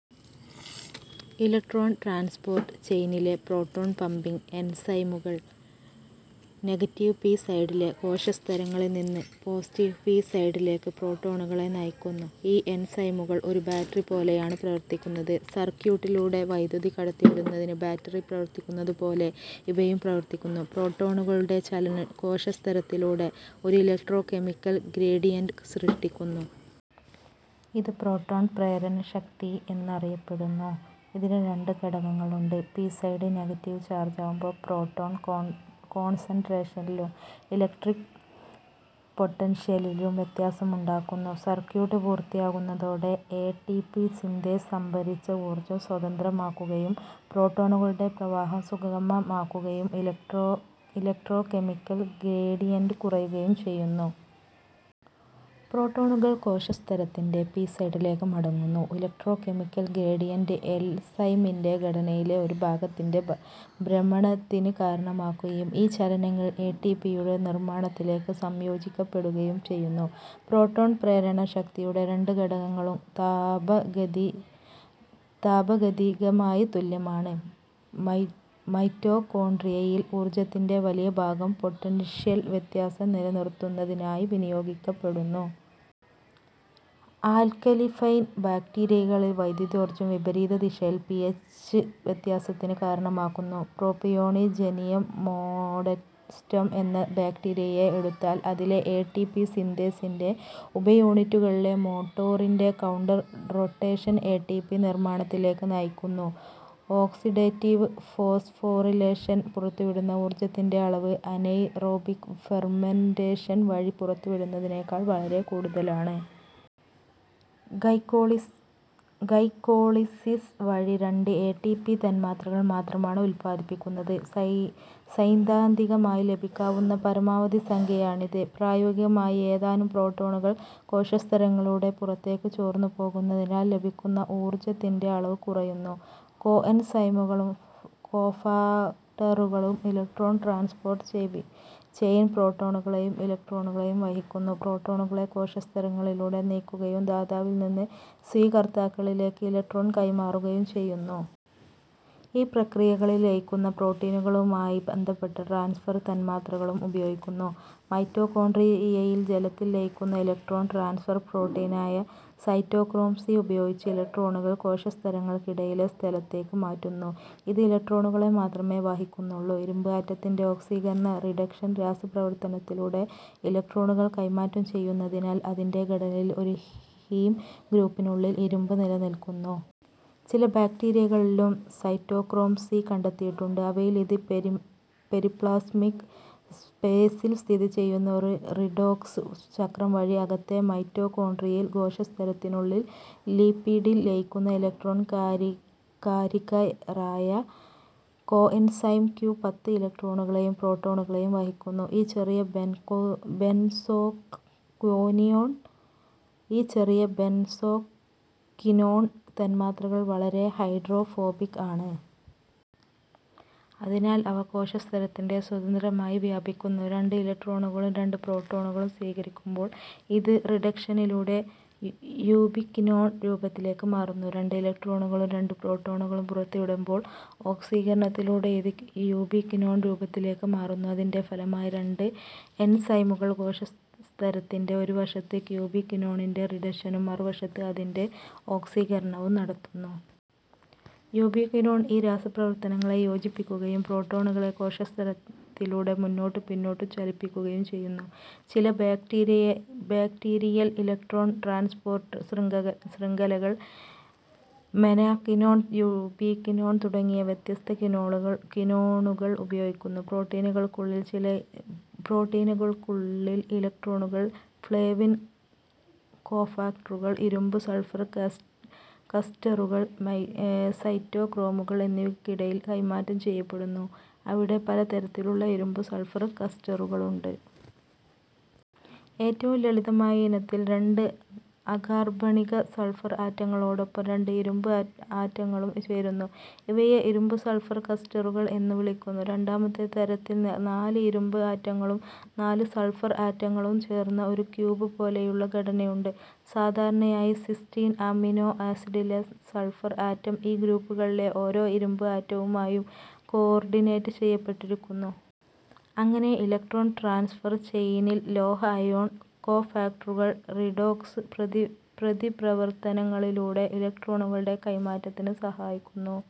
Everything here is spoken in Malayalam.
ഇലക്ട്രോൺ ട്രാൻസ്പോർട്ട് ചെയിനിലെ പ്രോട്ടോൺ പമ്പിങ് എൻസൈമുകൾ നെഗറ്റീവ് പി സൈഡിലെ കോശസ്തരങ്ങളിൽനിന്ന് പോസിറ്റീവ് പി സൈഡിലേക്ക് പ്രോട്ടോണുകളെ നയിക്കുന്നു. ഈ എൻസൈമുകൾ ഒരു ബാറ്ററി പോലെയാണ് പ്രവർത്തിക്കുന്നത്. സർക്യൂട്ടിലൂടെ വൈദ്യുതി കടത്തിവിടുന്നതിന് ബാറ്ററി പ്രവർത്തിക്കുന്നതുപോലെ ഇവയും പ്രവർത്തിക്കുന്നു. പ്രോട്ടോണുകളുടെ ചലനം കോശസ്തരത്തിലൂടെ ഒരു ഇലക്ട്രോകെമിക്കൽ ഗ്രേഡിയന്റ് സൃഷ്ടിക്കുന്നു. ഇത് പ്രോട്ടോൺ പ്രേരണ ശക്തി എന്ന് അറിയപ്പെടുന്നു. ഇതിന് രണ്ട് ഘടകങ്ങളുണ്ട്. പി സൈഡ് നെഗറ്റീവ് ചാർജാകുമ്പോൾ പ്രോട്ടോൺ കോൺസൻട്രേഷനിലും ഇലക്ട്രിക് പൊട്ടൻഷ്യലിലും വ്യത്യാസം ഉണ്ടാകുന്നു. സർക്യൂട്ട് പൂർത്തിയാകുന്നതോടെ എ ടി പി സിന്തേസ് സംഭരിച്ച ഊർജം സ്വതന്ത്രമാക്കുകയും പ്രോട്ടോണുകളുടെ പ്രവാഹം സുഗമമാകുകയും ഇലക്ട്രോകെമിക്കൽ ഗ്രേഡിയന്റ് കുറയുകയും ചെയ്യുന്നു. പ്രോട്ടോണുകൾ കോശസ്തരത്തിൻ്റെ പി സൈഡിലേക്ക് മടങ്ങുന്നു. ഇലക്ട്രോകെമിക്കൽ ഗ്രേഡിയന്റ് എൻസൈമിൻ്റെ ഘടനയിലെ ഒരു ഭാഗത്തിൻ്റെ ഭ്രമണത്തിന് കാരണമാകുകയും ഈ ചലനങ്ങൾ എ ടി പി യുടെ നിർമ്മാണത്തിലേക്ക് സംയോജിപ്പിക്കപ്പെടുകയും ചെയ്യുന്നു. പ്രോട്ടോൺ പ്രേരണ ശക്തിയുടെ രണ്ട് ഘടകങ്ങളും താപഗതികമായി തുല്യമാണ്. മൈറ്റോകോണ്ട്രിയയിൽ ഊർജത്തിൻ്റെ വലിയ ഭാഗം പൊട്ടൻഷ്യൽ വ്യത്യാസം നിലനിർത്തുന്നതിനായി വിനിയോഗിക്കപ്പെടുന്നു. ആൽക്കലിഫൈൽ ബാക്ടീരിയകളിൽ വൈദ്യുതോർജം വിപരീത ദിശയിൽ പി എച്ച് വ്യത്യാസത്തിന് കാരണമാകുന്നു. പ്രൊപ്പിയോണിജെനിയം മോഡസ്റ്റം എന്ന ബാക്ടീരിയയെ എടുത്താൽ, അതിലെ എ ടി പി സിന്തേസിൻ്റെ ഉപയൂണിറ്റുകളിലെ മോട്ടോറിൻ്റെ counter rotation A T P നിർമ്മാണത്തിലേക്ക് നയിക്കുന്നു. ഓക്സിഡേറ്റീവ് ഫോസ്ഫോറിലേഷൻ പുറത്തുവിടുന്ന ഊർജത്തിൻ്റെ അളവ് അനെയ്റോബിക് ഫെർമെന്റേഷൻ വഴി പുറത്തുവിടുന്നതിനേക്കാൾ വളരെ കൂടുതലാണ്. ഗ്ലൈക്കോളിസിസ് വഴി രണ്ട് എ ടി പി തന്മാത്രകൾ മാത്രമാണ് ഉൽപാദിപ്പിക്കുന്നത്. സൈദ്ധാന്തികമായി ലഭിക്കാവുന്ന പരമാവധി സംഖ്യയാണിത്. പ്രായോഗികമായി, ഏതാനും പ്രോട്ടോണുകൾ കോശസ്തരങ്ങളിലൂടെ പുറത്തേക്ക് ചോർന്നുപോകുന്നതിനാൽ ലഭിക്കുന്ന ഊർജത്തിൻ്റെ അളവ് കുറയുന്നു. കോഎൻസൈമുകളും കോഫാക്ടറുകളും ഇലക്ട്രോൺ ട്രാൻസ്പോർട്ട് ചെയിൻ പ്രോട്ടോണുകളെയും ഇലക്ട്രോണുകളെയും വഹിക്കുന്നു. പ്രോട്ടോണുകളെ കോശസ്തരങ്ങളിലൂടെ നീക്കുകയും ദാതാവിൽനിന്ന് സ്വീകർത്താക്കളിലേക്ക് ഇലക്ട്രോണുകൾ കൈമാറുകയും ചെയ്യുന്നു. ഈ പ്രക്രിയകളിൽ ലയിക്കുന്ന പ്രോട്ടീനുകളുമായി ബന്ധപ്പെട്ട ട്രാൻസ്ഫർ തന്മാത്രകളും ഉപയോഗിക്കുന്നു. മൈറ്റോകോണ്ട്രിയയിൽ ജലത്തിൽ ലയിക്കുന്ന ഇലക്ട്രോൺ ട്രാൻസ്ഫർ പ്രോട്ടീനായ സൈറ്റോക്രോം സി ഉപയോഗിച്ച് ഇലക്ട്രോണുകൾ കോശസ്തരങ്ങൾക്കിടയിലെ സ്ഥലത്തേക്ക് മാറ്റുന്നു. ഇത് ഇലക്ട്രോണുകളെ മാത്രമേ വഹിക്കുന്നുള്ളൂ. ഇരുമ്പ് ആറ്റത്തിൻ്റെ ഓക്സീകരണ റിഡക്ഷൻ രാസപ്രവർത്തനത്തിലൂടെ ഇലക്ട്രോണുകൾ കൈമാറ്റം ചെയ്യുന്നതിനാൽ അതിൻ്റെ ഘടനയിൽ ഒരു ഹീം ഗ്രൂപ്പിനുള്ളിൽ ഇരുമ്പ് നിലനിൽക്കുന്നു. ചില ബാക്ടീരിയകളിലും സൈറ്റോക്രോം സി കണ്ടെത്തിയിട്ടുണ്ട്. അവയിൽ ഇത് പെരിപ്ലാസ്മിക് സ്പേസിൽ സ്ഥിതിചെയ്യുന്നു. ഒരു റിഡോക്സ് ചക്രം വഴി അകത്തെ മൈറ്റോകോണ്ട്രിയൽ കോശസ്തരത്തിനുള്ളിൽ ലിപിഡിൽ ലയിക്കുന്ന ഇലക്ട്രോൺ കാരിയറായ കോഎൻസൈം ക്യു പത്ത് ഇലക്ട്രോണുകളെയും പ്രോട്ടോണുകളെയും വഹിക്കുന്നു. ഈ ചെറിയ ബെൻസോക്വിനോൺ തന്മാത്രകൾ വളരെ ഹൈഡ്രോഫോബിക് ആണ്. അതിനാൽ അവ കോശസ്തരത്തിൽ സ്വതന്ത്രമായി വ്യാപിക്കുന്നു. രണ്ട് ഇലക്ട്രോണുകളും രണ്ട് പ്രോട്ടോണുകളും സ്വീകരിക്കുമ്പോൾ ഇത് റിഡക്ഷനിലൂടെ യൂബിക്വിനോൾ രൂപത്തിലേക്ക് മാറുന്നു. രണ്ട് ഇലക്ട്രോണുകളും രണ്ട് പ്രോട്ടോണുകളും പുറത്തുവിടുമ്പോൾ ഓക്സീകരണത്തിലൂടെ ഇത് യൂബിക്വിനോൺ രൂപത്തിലേക്ക് മാറുന്നു. അതിൻ്റെ ഫലമായി രണ്ട് എൻസൈമുകൾ കോശസ്തരത്തിൻ്റെ ഒരുവശത്ത് യൂബിക്വിനോണിൻ്റെ റിഡക്ഷനും മറുവശത്ത് അതിൻ്റെ ഓക്സീകരണവും നടത്തുന്നു. യൂബിക്വിനോൺ ഈ രാസപ്രവർത്തനങ്ങളെ യോജിപ്പിക്കുകയും പ്രോട്ടോണുകളെ കോശസ്തരത്തിലൂടെ മുന്നോട്ടും പിന്നോട്ടും ചലിപ്പിക്കുകയും ചെയ്യുന്നു. ചില ബാക്ടീരിയൽ ഇലക്ട്രോൺ ട്രാൻസ്പോർട്ട് ശൃംഖലകൾ മെനാക്വിനോൺ, യൂബിക്വിനോൺ തുടങ്ങിയ വ്യത്യസ്ത ക്വിനോണുകൾ ഉപയോഗിക്കുന്നു. പ്രോട്ടീനുകൾക്കുള്ളിൽ ഇലക്ട്രോണുകൾ ഫ്ലേവിൻ കോഫാക്ടറുകൾ, ഇരുമ്പ് സൾഫർ ക്ലസ്റ്ററുകൾ, സൈറ്റോക്രോമുകൾ എന്നിവയ്ക്കിടയിൽ കൈമാറ്റം ചെയ്യപ്പെടുന്നു. അവിടെ പല തരത്തിലുള്ള ഇരുമ്പ് സൾഫർ ക്ലസ്റ്ററുകളുണ്ട്. ഏറ്റവും ലളിതമായ ഇനത്തിൽ രണ്ട് അകാർബണിക സൾഫർ ആറ്റങ്ങളോടൊപ്പം രണ്ട് ഇരുമ്പ് ആറ്റങ്ങളും ചേരുന്നു. ഇവയെ ഇരുമ്പ് സൾഫർ ക്ലസ്റ്ററുകൾ എന്ന് വിളിക്കുന്നു. രണ്ടാമത്തെ തരത്തിൽ നാല് ഇരുമ്പ് ആറ്റങ്ങളും നാല് സൾഫർ ആറ്റങ്ങളും ചേർന്ന ഒരു ക്യൂബ് പോലെയുള്ള ഘടനയുണ്ട്. സാധാരണയായി സിസ്റ്റീൻ അമിനോ ആസിഡിലെ സൾഫർ ആറ്റം ഈ ഗ്രൂപ്പുകളിലെ ഓരോ ഇരുമ്പ് ആറ്റവുമായും കോർഡിനേറ്റ് ചെയ്യപ്പെട്ടിരിക്കുന്നു. അങ്ങനെ ഇലക്ട്രോൺ ട്രാൻസ്ഫർ ചെയിനിൽ ലോഹ അയോൺ കോഫാക്ടറുകൾ റിഡോക്സ് പ്രതിപ്രവർത്തനങ്ങളിലൂടെ ഇലക്ട്രോണുകളുടെ കൈമാറ്റത്തിന് സഹായിക്കുന്നു.